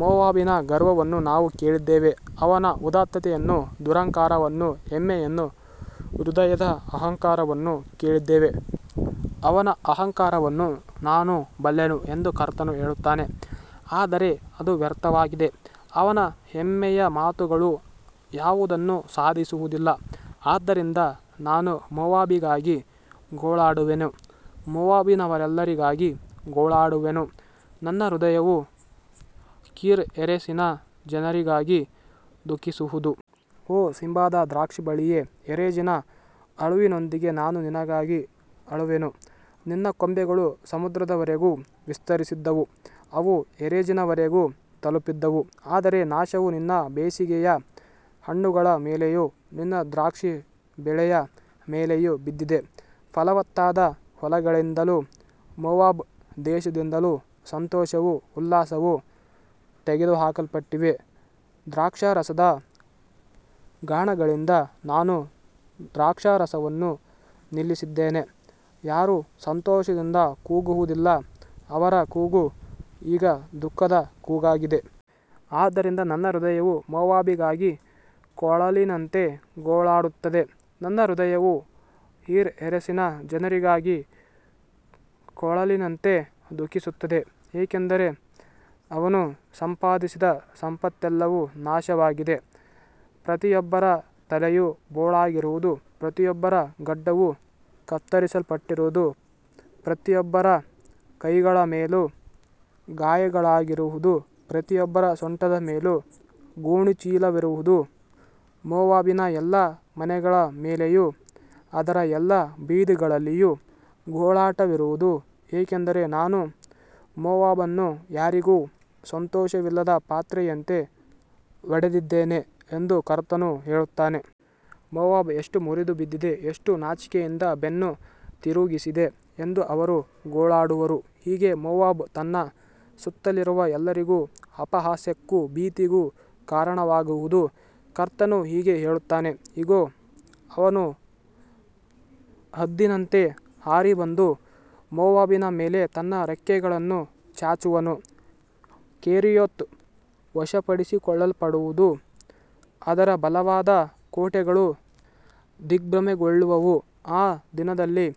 ಮೋವಾಬಿನ ಗರ್ವವನ್ನು ನಾವು ಕೇಳಿದ್ದೇವೆ, ಅವನ ಉದಾತ್ತತೆಯನ್ನೂ ದುರಹಂಕಾರವನ್ನೂ ಹೆಮ್ಮೆಯನ್ನೂ ಹೃದಯದ ಅಹಂಕಾರವನ್ನೂ ಕೇಳಿದ್ದೇವೆ. ಅವನ ಅಹಂಕಾರವನ್ನು ನಾನು ಬಲ್ಲೆನು ಎಂದು ಕರ್ತನು ಹೇಳುತ್ತಾನೆ, ಆದರೆ ಅದು ವ್ಯರ್ಥವಾಗಿದೆ, ಅವನ ಹೆಮ್ಮೆಯ ಮಾತುಗಳು ಯಾವುದನ್ನೂ ಸಾಧಿಸುವುದಿಲ್ಲ. ಆದ್ದರಿಂದ ನಾನು ಮೋವಾಬಿಗಾಗಿ ಗೋಳಾಡುವೆನು, ಮೋವಾಬಿನೆಲ್ಲರಿಗಾಗಿ ಗೋಳಾಡುವೆನು, ನನ್ನ ಹೃದಯವು ಕೀರ್‌ಹೆರೆಸಿನ ಜನರಿಗಾಗಿ ದುಃಖಿಸುವುದು. ಓ ಸಿಬ್ಮಾದ ದ್ರಾಕ್ಷಿಬಳ್ಳಿಯೇ, ಯಜೆರಿನ ಅಳುವಿನೊಂದಿಗೆ ನಾನು ನಿನಗಾಗಿ ಅಳುವೆನು, ನಿನ್ನ ಕೊಂಬೆಗಳು ಸಮುದ್ರದವರೆಗೂ ವಿಸ್ತರಿಸಿದ್ದವು, ಅವು ಯಜೆರಿನವರೆಗೂ ತಲುಪಿದ್ದವು, ಆದರೆ ನಾಶವು ನಿನ್ನ ಬೇಸಿಗೆಯ ಹಣ್ಣುಗಳ ಮೇಲೆಯೂ ನಿನ್ನ ದ್ರಾಕ್ಷಿ ಬೆಳೆಯ ಮೇಲೆಯೂ ಬಿದ್ದಿದೆ. ಫಲವತ್ತಾದ ಹೊಲಗಳಿಂದಲೂ ಮೋವಾಬ್ ದೇಶದಿಂದಲೂ ಸಂತೋಷವೂ ಉಲ್ಲಾಸವೂ ತೆಗೆದುಹಾಕಲ್ಪಟ್ಟಿವೆ, ದ್ರಾಕ್ಷಾರಸದ ಗಾಣಗಳಿಂದ ನಾನು ದ್ರಾಕ್ಷಾರಸವನ್ನು ನಿಲ್ಲಿಸಿದ್ದೇನೆ, ಯಾರೂ ಸಂತೋಷದಿಂದ ಕೂಗುವುದಿಲ್ಲ, ಅವರ ಕೂಗು ಈಗ ದುಃಖದ ಕೂಗಾಗಿದೆ. ಆದ್ದರಿಂದ ನನ್ನ ಹೃದಯವು ಮೋವಾಬಿಗಾಗಿ ಕೊಳಲಿನಂತೆ ಗೋಳಾಡುತ್ತದೆ, ನನ್ನ ಹೃದಯವು ಕೀರ್‌ಹೆರೆಸಿನ ಜನರಿಗಾಗಿ ಕೊಳಲಿನಂತೆ ದುಃಖಿಸುತ್ತದೆ, ಏಕೆಂದರೆ ಅವನು ಸಂಪಾದಿಸಿದ ಸಂಪತ್ತೆಲ್ಲವೂ ನಾಶವಾಗಿದೆ. ಪ್ರತಿಯೊಬ್ಬರ ತಲೆಯೂ ಬೋಳಾಗಿರುವುದು, ಪ್ರತಿಯೊಬ್ಬರ ಗಡ್ಡವೂ ಕತ್ತರಿಸಲ್ಪಟ್ಟಿರುವುದು, ಪ್ರತಿಯೊಬ್ಬರ ಕೈಗಳ ಮೇಲೂ ಗಾಯಗಳಿರುವುದು, ಪ್ರತಿಯೊಬ್ಬರ ಸೊಂಟದ ಮೇಲೂ ಗೋಣಿಚೀಲವಿರುವುದು. ಮೋವಾಬಿನ ಎಲ್ಲಾ ಮನೆಗಳ ಮೇಲೆಯೂ ಅದರ ಎಲ್ಲಾ ಬೀದಿಗಳಲ್ಲಿಯೂ ಗೋಳಾಟವಿರುವುದು, ಏಕೆಂದರೆ ನಾನು ಮೋವಾಬನ್ನು ಯಾರಿಗೂ ಸಂತೋಷವಿಲ್ಲದ ಪಾತ್ರೆಯಂತೆ ಒಡೆದಿದ್ದೇನೆ ಎಂದು ಕರ್ತನು ಹೇಳುತ್ತಾನೆ. ಮೋವಾಬ್ ಎಷ್ಟು ಮುರಿದುಬಿದ್ದಿದೆ, ಎಷ್ಟು ನಾಚಿಕೆಯಿಂದ ಬೆನ್ನು ತಿರುಗಿಸಿದೆ ಎಂದು ಅವರು ಗೋಳಾಡುವರು, ಹೀಗೆ ಮೋವಾಬ್ ತನ್ನ ಸುತ್ತಲಿರುವ ಎಲ್ಲರಿಗೂ ಅಪಹಾಸ್ಯಕ್ಕೂ ಭೀತಿಗೂ ಕಾರಣವಾಗುವುದು. ಕರ್ತನು ಹೀಗೆ ಹೇಳುತ್ತಾನೆ, ಇಗೋ, ಅವನು ಹದ್ದಿನಂತೆ ಹಾರಿಬಂದು ಮೋವಾಬಿನ ಮೇಲೆ ತನ್ನ ರೆಕ್ಕೆಗಳನ್ನು ಚಾಚುವನು, ಕೆರಿಯೋತ್ ವಶಪಡಿಸಿಕೊಳ್ಳಲ್ಪಡುವುದು, ಅದರ ಬಲವಾದ ಕೋಟೆಗಳು ದಿಗ್ಭ್ರಮೆಗೊಳ್ಳುವವು, ಆ ದಿನದಲ್ಲಿ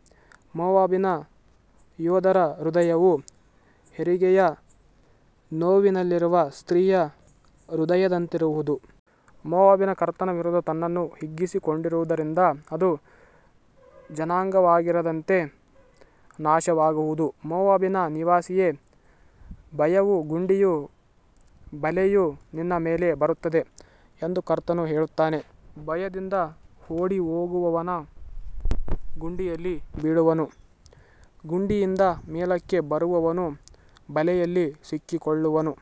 ಮೋವಾಬಿನ ಯೋಧರ ಹೃದಯವು ಹೆರಿಗೆಯ ನೋವಿನಲ್ಲಿರುವ ಸ್ತ್ರೀಯ ಹೃದಯದಂತಿರುವುದು. ಮೋವಾಬ್ ಕರ್ತನ ವಿರುದ್ಧ ತನ್ನನ್ನು ಹಿಗ್ಗಿಸಿಕೊಂಡಿರುವುದರಿಂದ ಅದು ಜನಾಂಗವಾಗಿರದಂತೆ ನಾಶವಾಗುವುದು. ಮೋವಾಬಿನ ನಿವಾಸಿಯೇ, ಭಯವೂ ಗುಂಡಿಯೂ ಬಲೆಯೂ ನಿನ್ನ ಮೇಲೆ ಬರುತ್ತವೆ ಎಂದು ಕರ್ತನು ಹೇಳುತ್ತಾನೆ. ಭಯದಿಂದ ಓಡಿಹೋಗುವವನು ಗುಂಡಿಯಲ್ಲಿ ಬೀಳುವನು, ಗುಂಡಿಯಿಂದ ಮೇಲಕ್ಕೆ ಬರುವವನು ಬಲೆಯಲ್ಲಿ ಸಿಕ್ಕಿಕೊಳ್ಳುವನು,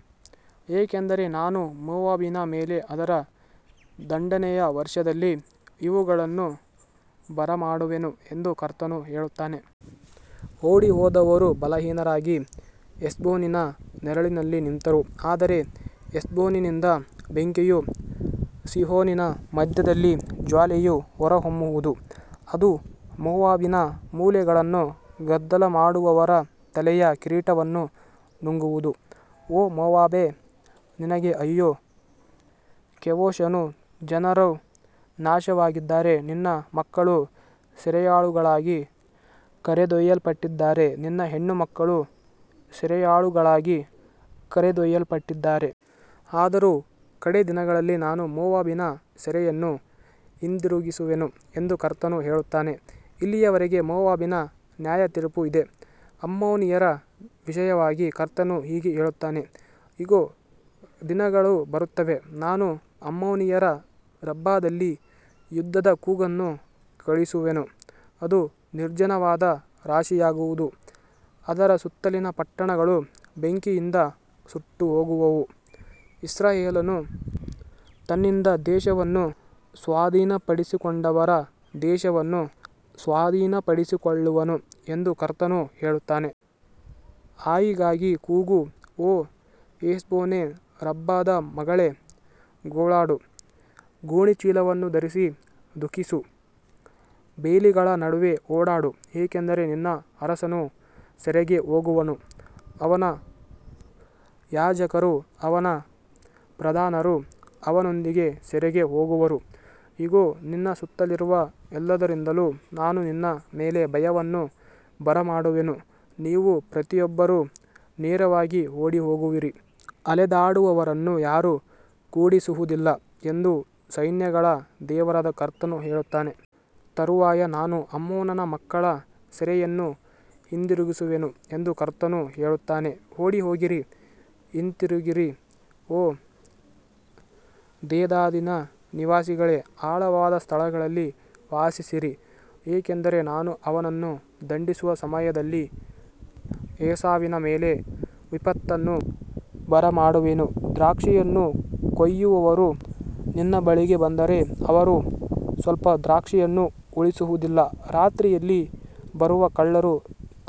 ಏಕೆಂದರೆ ನಾನು ಮೋವಾಬಿನ ಮೇಲೆ ಅದರ ದಂಡನೆಯ ವರ್ಷದಲ್ಲಿ ಇವುಗಳನ್ನು ಬರಮಾಡುವೆನು ಎಂದು ಕರ್ತನು ಹೇಳುತ್ತಾನೆ. ಓಡಿಹೋದವರು ಬಲಹೀನರಾಗಿ ಹೆಷ್ಬೋನಿನ ನೆರಳಿನಲ್ಲಿ ನಿಂತರು, ಆದರೆ ಹೆಷ್ಬೋನಿನಿಂದ ಬೆಂಕಿಯೂ ಸೀಹೋನಿನ ಮಧ್ಯದಿಂದ ಜ್ವಾಲೆಯೂ ಹೊರಹೊಮ್ಮುವುದು, ಅದು ಮೋವಾಬಿನ ಮೂಲೆಗಳನ್ನೂ ಗದ್ದಲಮಾಡುವವರ ತಲೆಯ ಕಿರೀಟವನ್ನೂ ನುಂಗುವುದು. ಓ ಮೋವಾಬೇ, ನಿನಗೆ ಅಯ್ಯೋ, ಕೆಮೋಷನ ಜನರು ನಾಶವಾಗಿದ್ದಾರೆ, ನಿನ್ನ ಮಕ್ಕಳು ಸೆರೆಯಾಳುಗಳಾಗಿ ಕರೆದೊಯ್ಯಲ್ಪಟ್ಟಿದ್ದಾರೆ, ನಿನ್ನ ಹೆಣ್ಣುಮಕ್ಕಳೂ ಸೆರೆಯಾಳುಗಳಾಗಿ ಕರೆದೊಯ್ಯಲ್ಪಟ್ಟಿದ್ದಾರೆ. ಆದರೂ ಕಡೇ ದಿನಗಳಲ್ಲಿ ನಾನು ಮೋವಾಬಿನ ಸೆರೆಯನ್ನು ಹಿಂದಿರುಗಿಸುವೆನು ಎಂದು ಕರ್ತನು ಹೇಳುತ್ತಾನೆ. ಇಲ್ಲಿಯವರೆಗೆ ಮೋವಾಬಿನ ನ್ಯಾಯತೀರ್ಪು ಇದೆ. ಅಮ್ಮೋನಿಯರ ವಿಷಯವಾಗಿ ಕರ್ತನು ಹೀಗೆ ಹೇಳುತ್ತಾನೆ, ಇಗೋ, ದಿನಗಳು ಬರುತ್ತವೆ, ನಾನು ಅಮ್ಮೋನಿಯರ ರಬ್ಬಾದಲ್ಲಿ ಯುದ್ಧದ ಕೂಗನ್ನು ಕೇಳಿಸುವೆನು, ಅದು ನಿರ್ಜನವಾದ ರಾಶಿಯಾಗುವುದು, ಅದರ ಸುತ್ತಲಿನ ಪಟ್ಟಣಗಳು ಬೆಂಕಿಯಿಂದ ಸುಟ್ಟುಹೋಗುವವು, ಇಸ್ರಾಯೇಲನು ತನ್ನಿಂದ ದೇಶವನ್ನು ಸ್ವಾಧೀನಪಡಿಸಿಕೊಂಡವರ ದೇಶವನ್ನು ಸ್ವಾಧೀನಪಡಿಸಿಕೊಳ್ಳುವನು ಎಂದು ಕರ್ತನು ಹೇಳುತ್ತಾನೆ. ಆಯಿಗಾಗಿ ಕೂಗು, ಓ ಹೆಷ್ಬೋನೇ, ರಬ್ಬಾದ ಮಗಳೇ, ಗೋಳಾಡು, ಗೋಣಿಚೀಲವನ್ನು ಧರಿಸಿ ದುಃಖಿಸು, ಬೇಲಿಗಳ ನಡುವೆ ಓಡಾಡು, ಏಕೆಂದರೆ ನಿನ್ನ ಅರಸನು ಸೆರೆಗೆ ಹೋಗುವನು, ಅವನ ಯಾಜಕರೂ ಅವನ ಪ್ರಧಾನರೂ ಅವನೊಂದಿಗೆ ಸೆರೆಗೆ ಹೋಗುವರು. ಇಗೋ, ನಿನ್ನ ಸುತ್ತಲಿರುವ ಎಲ್ಲರಿಂದಲೂ ನಾನು ನಿನ್ನ ಮೇಲೆ ಭಯವನ್ನು ಬರಮಾಡುವೆನು, ನೀವು ಪ್ರತಿಯೊಬ್ಬರೂ ನೇರವಾಗಿ ಓಡಿಹೋಗುವಿರಿ, ಅಲೆದಾಡುವವರನ್ನು ಯಾರೂ ಕೂಡಿಸುವುದಿಲ್ಲ ಎಂದು ಸೈನ್ಯಗಳ ದೇವರಾದ ಕರ್ತನು ಹೇಳುತ್ತಾನೆ. ತರುವಾಯ ನಾನು ಅಮ್ಮೋನನ ಮಕ್ಕಳ ಸೆರೆಯನ್ನು ಹಿಂದಿರುಗಿಸುವೆನು ಎಂದು ಕರ್ತನು ಹೇಳುತ್ತಾನೆ. ಓಡಿಹೋಗಿರಿ, ಹಿಂತಿರುಗಿರಿ, ಓ ದೇದಾನಿನ ನಿವಾಸಿಗಳೇ, ಆಳವಾದ ಸ್ಥಳಗಳಲ್ಲಿ ವಾಸಿಸಿರಿ, ಏಕೆಂದರೆ ನಾನು ಅವನನ್ನು ದಂಡಿಸುವ ಸಮಯದಲ್ಲಿ ಏಸಾವಿನ ಮೇಲೆ ವಿಪತ್ತನ್ನು ಬರಮಾಡುವೆನು. ದ್ರಾಕ್ಷಿಯನ್ನು ಕೊಯ್ಯುವವರು ನಿನ್ನ ಬಳಿಗೆ ಬಂದರೆ, ಅವರು ಸ್ವಲ್ಪ ದ್ರಾಕ್ಷಿಯನ್ನೂ ಉಳಿಸುವುದಿಲ್ಲ, ರಾತ್ರಿಯಲ್ಲಿ ಬರುವ ಕಳ್ಳರು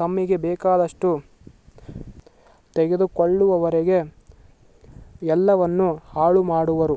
ತಮ್ಮಿಗೆ ಬೇಕಾದಷ್ಟು ತೆಗೆದುಕೊಳ್ಳುವವರೆಗೆ ಎಲ್ಲವನ್ನೂ ಹಾಳುಮಾಡುವರು.